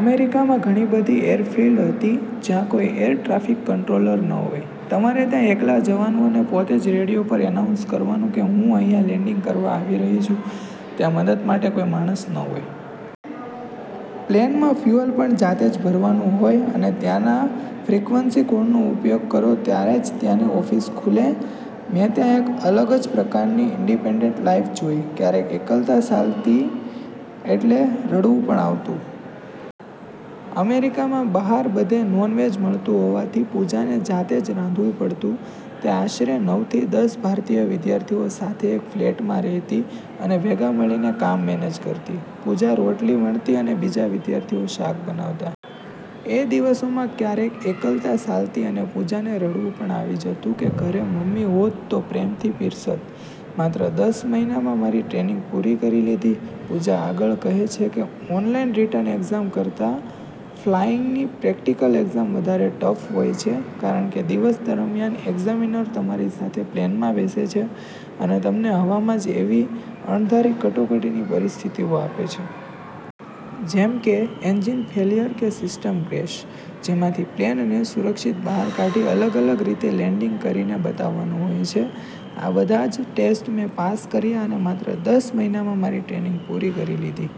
અમેરિકામાં ઘણી બધી એરફિલ્ડ હતી, જ્યાં કોઇ 'એર ટ્રાફિક કંટ્રોલર' ન હોય. તમારે ત્યાં એકલા જવાનું અને પોતે જ રેડિયો પર એનાઉન્સ કરવાનું કે "હું અહીંયા લેન્ડિંગ કરવા આવી રહી છું." ત્યાં મદદ માટે કોઈ માણસ ન હોય. પ્લેનમાં ફ્યૂઅલ પણ જાતે જ ભરવાનું હોય અને ત્યાંના ફ્રિક્વન્સી કોડનો ઉપયોગ કરો ત્યારે જ ત્યાંની ઓફિસ ખુલે. મેં ત્યાં એક અલગ જ પ્રકારની ઇન્ડિપેન્ડન્ટ લાઇફ જોઇ. ક્યારેક એકલતા સાલતી એટલે રડવું પણ આવતું. અમેરિકામાં બહાર બધે નોન-વેજ મળતું હોવાથી પૂજાને જાતે જ રાંધવું પડતું. તે આશરે નવ થી દસ ભારતીય વિદ્યાર્થીઓ સાથે એક ફ્લેટમાં રહેતી, અને ભેગા મળીને કામ મેનેજ કરતી. પૂજા રોટલી વણતી અને બીજા વિદ્યાર્થીઓ શાક બનાવતા. એ દિવસોમાં ક્યારેક એકલતા સાલતી અને પૂજાને રડવું પણ આવી જતું કે ઘરે " મમ્મી હોત તો પ્રેમથી પીરસત. "માત્ર દસ મહિનામાં મારી ટ્રેનિંગ પૂરી કરી લીધી." પૂજા આગળ કહે છે કે, "ઓનલાઇન રિટર્ન એક્ઝામ કરતાં ફ્લાઇંગની પ્રેક્ટિકલ એક્ઝામ વધારે ટફ હોય છે, કારણ કે દિવસ દરમિયાન એક્ઝામિનર તમારી સાથે પ્લેનમાં બેસે છે, અને તમને હવામાં જ એવી અણધારી કટોકટીની પરિસ્થિતિઓ આપે છે. જેમ કે 'એન્જિન ફેલિયર' કે 'સિસ્ટમ ક્રેશ', જેમાંથી પ્લેનને સુરક્ષિત બહાર કાઢી અલગ-અલગ રીતે લેન્ડિંગ કરીને બતાવવાનું હોય છે. આ બધા જ ટેસ્ટ મેં પાસ કર્યા અને માત્ર દસ મહિનામાં મારી ટ્રેનિંગ પૂરી કરી લીધી.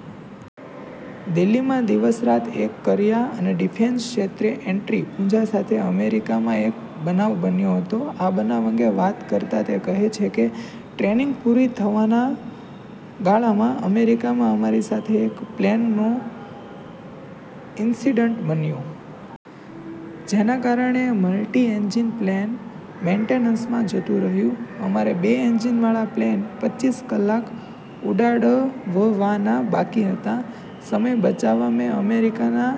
દિલ્હીમાં દિવસ-રાત એક કર્યા અને ડિફેન્સ ક્ષેત્રે એન્ટ્રી પૂજા સાથે અમેરિકામાં એક બનાવ બન્યો હતો. આ બનાવ અંગે વાત કરતા તે કહે છે કે, ટ્રેનિંગ પૂરી થવાના ગાળામાં અમેરિકામાં અમારી સાથે એક પ્લેનનો ઇન્સિડન્ટ બન્યો. જેના કારણે મલ્ટી-એન્જિન પ્લેન મેઇન્ટેનન્સમાં જતું રહ્યું. અમારે બે એન્જિનવાળા પ્લેન પચ્ચીસ કલાક ઉડાડવવાના બાકી હતા. સમય બચાવવા મેં અમેરિકાના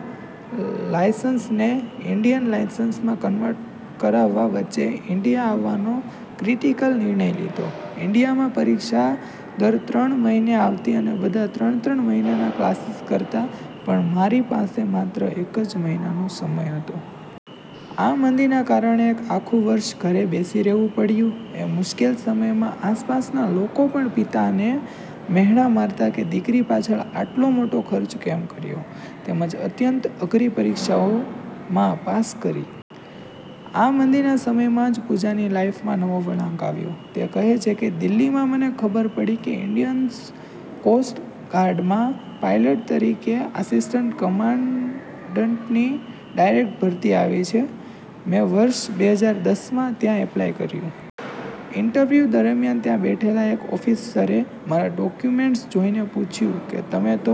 લાયસન્સને ઇન્ડિયન લ લાયસન્સમાં કન્વર્ટ કરાવવા વચ્ચે ઇન્ડિયા આવવાનો ક્રિટિકલ નિર્ણય લીધો. ઇન્ડિયામાં પરીક્ષા દર ત્રણ મહિને આવતી અને બધા ત્રણ-ત્રણ મહિનાના ક્લાસીસ કરતા, પણ મારી પાસે માત્ર એક જ મહિનાનો સમય હતો. આ મંદીના કારણે એક આખું વર્ષ ઘરે બેસી રહેવું પડ્યું. એ મુશ્કેલ સમયમાં આસપાસના લોકો પણ પિતાને મહેણાં મારતા કે "દીકરી પાછળ આટલો મોટો ખર્ચ કેમ કર્યો?" તેમજ અત્યંત અઘરી પરીક્ષાઓમાં પાસ કરી. આ મંદીના સમયમાં જ પૂજાની લાઇફમાં નવો વળાંક આવ્યો. તે કહે છે કે "દિલ્હીમાં મને ખબર પડી કે ઇન્ડિયન્સ કોસ્ટ ગાર્ડમાં પાયલટ તરીકે આસિસ્ટન્ટ કમાન્ડન્ટની ડાયરેક્ટ ભરતી આવી છે. મેં વર્ષ બે હજાર દસ માં ત્યાં એપ્લાય કર્યું. ઇન્ટરવ્યૂ દરમિયાન ત્યાં બેઠેલા એક ઓફિસરે મારા ડોક્યુમેન્ટ્સ જોઇને પૂછ્યું કે, 'તમે તો